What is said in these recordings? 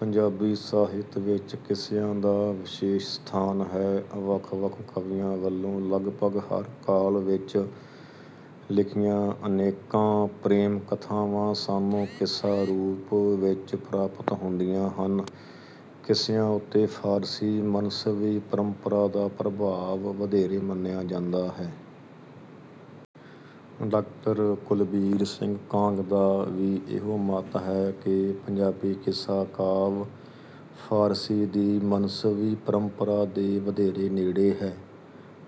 ਪੰਜਾਬੀ ਸਾਹਿਤ ਵਿੱਚ ਕਿੱਸਿਆਂ ਦਾ ਵਿਸ਼ੇਸ਼ ਸਥਾਨ ਹੈ। ਵੱਖ-ਵੱਖ ਕਵੀਆਂ ਵੱਲੋਂ ਲਗਭਗ ਹਰ ਕਾਲ ਵਿੱਚ ਲਿਖੀਆਂ ਅਨੇਕਾਂ ਪ੍ਰੇਮ-ਕਥਾਵਾਂ ਸਾਨੂੰ ਕਿੱਸਾ ਰੂਪ ਵਿੱਚ ਪ੍ਰਾਪਤ ਹੁੰਦੀਆਂ ਹਨ। ਕਿੱਸਿਆਂ ਉੱਤੇ ਫ਼ਾਰਸੀ ਮਸਨਵੀ ਪਰੰਪਰਾ ਦਾ ਪ੍ਰਭਾਵ ਵਧੇਰੇ ਮੰਨਿਆ ਜਾਂਦਾ ਹੈ। ਡਾਕਟਰ ਕੁਲਬੀਰ ਸਿੰਘ ਕਾਂਗ ਦਾ ਵੀ ਇਹੋ ਮੱਤ ਹੈ ਕਿ ਪੰਜਾਬੀ ਕਿੱਸਾ ਕਾਵਿ ਫ਼ਾਰਸੀ ਦੀ ਮਨਸਵੀ ਪਰੰਪਰਾ ਦੇ ਵਧੇਰੇ ਨੇੜੇ ਹੈ।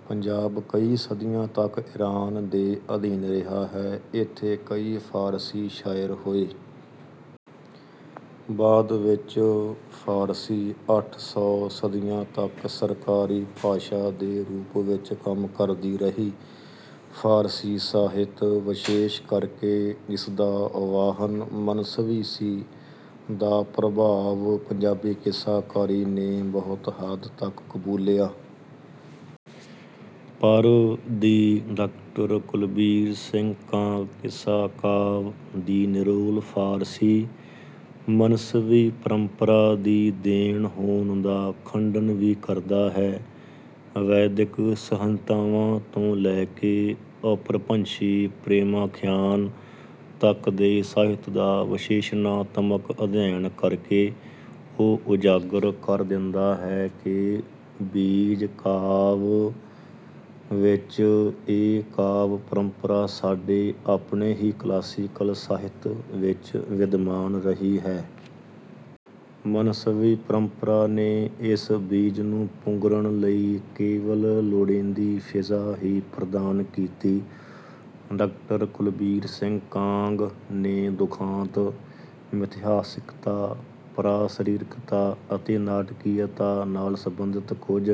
ਪੰਜਾਬ ਕਈ ਸਦੀਆਂ ਤੱਕ ਇਰਾਨ ਦੇ ਅਧੀਨ ਰਿਹਾ ਹੈ। ਇੱਥੇ ਕਈ ਫ਼ਾਰਸੀ ਸ਼ਾਇਰ ਹੋਏ। ਬਾਅਦ ਵਿੱਚ ਫ਼ਾਰਸੀ ਅੱਠ ਸੌ ਸਦੀਆਂ ਤੱਕ ਸਰਕਾਰੀ ਭਾਸ਼ਾ ਦੇ ਰੂਪ ਵਿੱਚ ਕੰਮ ਕਰਦੀ ਰਹੀ। ਫ਼ਾਰਸੀ ਸਾਹਿਤ, ਵਿਸ਼ੇਸ਼ ਕਰਕੇ ਜਿਸ ਦਾ ਵਾਹਨ ਮਨਸਵੀ ਸੀ, ਦਾ ਪ੍ਰਭਾਵ ਪੰਜਾਬੀ ਕਿੱਸਾਕਾਰੀ ਨੇ ਬਹੁਤ ਹੱਦ ਤੱਕ ਕਬੂਲਿਆ। ਪਰ ਦੀ ਡਾਕਟਰ ਕੁਲਬੀਰ ਸਿੰਘ ਕਾਂਗ ਕਿੱਸਾ ਕਾਵਿ ਦੀ ਨਿਰੋਲ ਫ਼ਾਰਸੀ ਮਸਨਵੀ ਪਰੰਪਰਾ ਦੀ ਦੇਣ ਹੋਣ ਦਾ ਖੰਡਨ ਵੀ ਕਰਦਾ ਹੈ। ਵੈਦਿਕ ਸੰਹਿਤਾਵਾਂ ਤੋਂ ਲੈ ਕੇ ਅਪਭ੍ਰੰਸ਼ੀ ਪ੍ਰੇਮਾਖਿਆਨ ਤੱਕ ਦੇ ਸਾਹਿਤ ਦਾ ਵਿਸ਼ਲੇਸ਼ਣਾਤਮਕ ਅਧਿਐਨ ਕਰਕੇ ਉਹ ਉਜਾਗਰ ਕਰ ਦਿੰਦਾ ਹੈ ਕਿ ਬੀਜ ਰੂਪ ਵਿੱਚ ਇਹ ਕਾਵਿ ਪਰੰਪਰਾ ਸਾਡੇ ਆਪਣੇ ਹੀ ਕਲਾਸੀਕਲ ਸਾਹਿਤ ਵਿੱਚ ਵਿਦਮਾਨ ਰਹੀ ਹੈ। ਮਨਸਵੀ ਪਰੰਪਰਾ ਨੇ ਇਸ ਬੀਜ ਨੂੰ ਪੁੰਗਰਨ ਲਈ ਕੇਵਲ ਲੋੜੀਂਦੀ ਫ਼ਿਜ਼ਾ ਹੀ ਪ੍ਰਦਾਨ ਕੀਤੀ। ਡਾਕਟਰ ਕੁਲਬੀਰ ਸਿੰਘ ਕਾਂਗ ਨੇ ਦੁਖਾਂਤ, ਮਿਥਿਹਾਸਕਤਾ, ਪਰਾਸਰੀਰਕਤਾ ਅਤੇ ਨਾਟਕੀਅਤਾ ਨਾਲ ਸੰਬੰਧਿਤ ਕੁਝ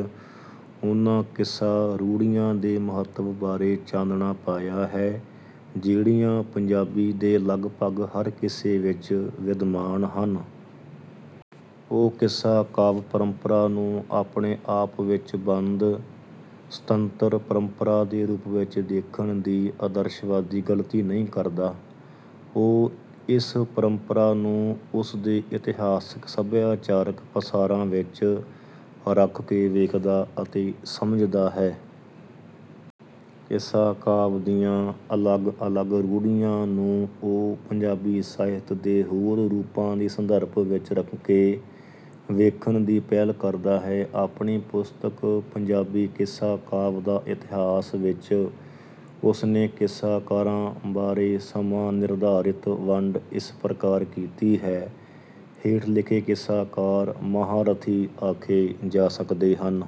ਉਨ੍ਹਾਂ ਕਿੱਸਾ-ਰੂੜ੍ਹੀਆਂ ਦੇ ਮਹੱਤਵ ਬਾਰੇ ਚਾਨਣਾ ਪਾਇਆ ਹੈ, ਜਿਹੜੀਆਂ ਪੰਜਾਬੀ ਦੇ ਲਗਭਗ ਹਰ ਕਿੱਸੇ ਵਿੱਚ ਵਿਦਮਾਨ ਹਨ। ਉਹ ਕਿੱਸਾ ਕਾਵਿ ਪਰੰਪਰਾ ਨੂੰ ਆਪਣੇ ਆਪ ਵਿੱਚ ਬੰਦ ਸੁਤੰਤਰ ਪਰੰਪਰਾ ਦੇ ਰੂਪ ਵਿੱਚ ਦੇਖਣ ਦੀ ਆਦਰਸ਼ਵਾਦੀ ਗ਼ਲਤੀ ਨਹੀਂ ਕਰਦਾ। ਉਹ ਇਸ ਪਰੰਪਰਾ ਨੂੰ ਉਸ ਦੇ ਇਤਿਹਾਸਕ-ਸੱਭਿਆਚਾਰਕ ਪਸਾਰਾਂ ਵਿੱਚ ਰੱਖ ਕੇ ਵੇਖਦਾ ਅਤੇ ਸਮਝਦਾ ਹੈ। ਕਿੱਸਾ ਕਾਵਿ ਦੀਆਂ ਅਲੱਗ-ਅਲੱਗ ਰੂੜ੍ਹੀਆਂ ਨੂੰ ਉਹ ਪੰਜਾਬੀ ਸਾਹਿਤ ਦੇ ਹੋਰ ਰੂਪਾਂ ਦੇ ਸੰਦਰਭ ਵਿੱਚ ਰੱਖ ਕੇ ਵੇਖਣ ਦੀ ਪਹਿਲ ਕਰਦਾ ਹੈ। ਆਪਣੀ ਪੁਸਤਕ ‘ਪੰਜਾਬੀ ਕਿੱਸਾ ਕਾਵਿ ਦਾ ਇਤਿਹਾਸ’ ਵਿੱਚ ਉਸ ਨੇ ਕਿੱਸਾਕਾਰਾਂ ਬਾਰੇ ਸਮਾਂ-ਨਿਰਧਾਰਿਤ ਵੰਡ ਇਸ ਪ੍ਰਕਾਰ ਕੀਤੀ ਹੈ: ਹੇਠ ਲਿਖੇ ਕਿੱਸਾਕਾਰ ਮਹਾਰਥੀ ਆਖੇ ਜਾ ਸਕਦੇ ਹਨ।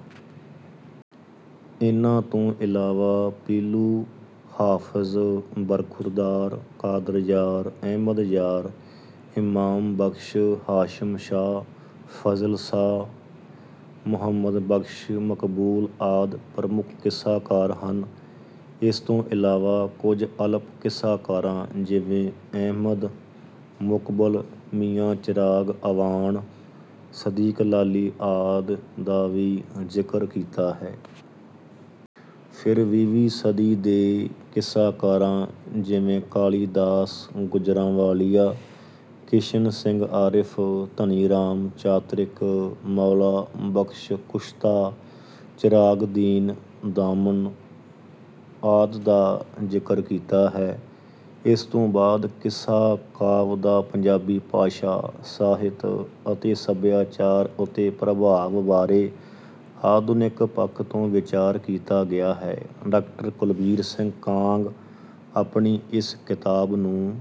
ਇਨ੍ਹਾਂ ਤੋਂ ਇਲਾਵਾ ਪੀਲੂ, ਹਾਫ਼ਜ਼ ਬਰਖੁਰਦਾਰ, ਕਾਦਰਯਾਰ, ਅਹਿਮਦਯਾਰ, ਇਮਾਮ ਬਖ਼ਸ਼, ਹਾਸ਼ਮ ਸ਼ਾਹ, ਫ਼ਜ਼ਲ ਸ਼ਾਹ, ਮੁਹੰਮਦ ਬਖ਼ਸ਼ ਮਕਬੂਲ ਆਦਿ ਪ੍ਰਮੁੱਖ ਕਿੱਸਾਕਾਰ ਹਨ। ਇਸ ਤੋਂ ਇਲਾਵਾ ਕੁਝ ਅਲਪ ਕਿੱਸਾਕਾਰਾਂ, ਜਿਵੇਂ ਅਹਿਮਦ, ਮੁਕਬਲ, ਮੀਆਂ ਚਿਰਾਗ ਅਵਾਣ, ਸਦੀਕ ਲਾਲੀ ਆਦਿ ਦਾ ਵੀ ਜ਼ਿਕਰ ਕੀਤਾ ਹੈ। ਫਿਰ ਵੀਹਵੀਂ ਸਦੀ ਦੇ ਕਿੱਸਾਕਾਰਾਂ, ਜਿਵੇਂ ਕਾਲੀਦਾਸ ਗੁਜਰਾਵਾਲੀਆਂ, ਕਿਸ਼ਨ ਸਿੰਘ ਆਰਿਫ਼, ਧਨੀ ਰਾਮ ਚਾਤ੍ਰਿਕ, ਮੌਲਾ ਬਖ਼ਸ਼ ਕੁਸ਼ਤਾ, ਚਿਰਾਗਦੀਨ ਦਾਮਨ ਆਦਿ ਦਾ ਜ਼ਿਕਰ ਕੀਤਾ ਹੈ। ਇਸ ਤੋਂ ਬਾਅਦ ਕਿੱਸਾ ਕਾਵਿ ਦਾ ਪੰਜਾਬੀ ਭਾਸ਼ਾ, ਸਾਹਿਤ ਅਤੇ ਸੱਭਿਆਚਾਰ ਉੱਤੇ ਪ੍ਰਭਾਵ ਬਾਰੇ ਆਧੁਨਿਕ ਪੱਖ ਤੋਂ ਵਿਚਾਰ ਕੀਤਾ ਗਿਆ ਹੈ। ਡਾਕਟਰ ਕੁਲਬੀਰ ਸਿੰਘ ਕਾਂਗ ਆਪਣੀ ਇਸ ਕਿਤਾਬ ਨੂੰ...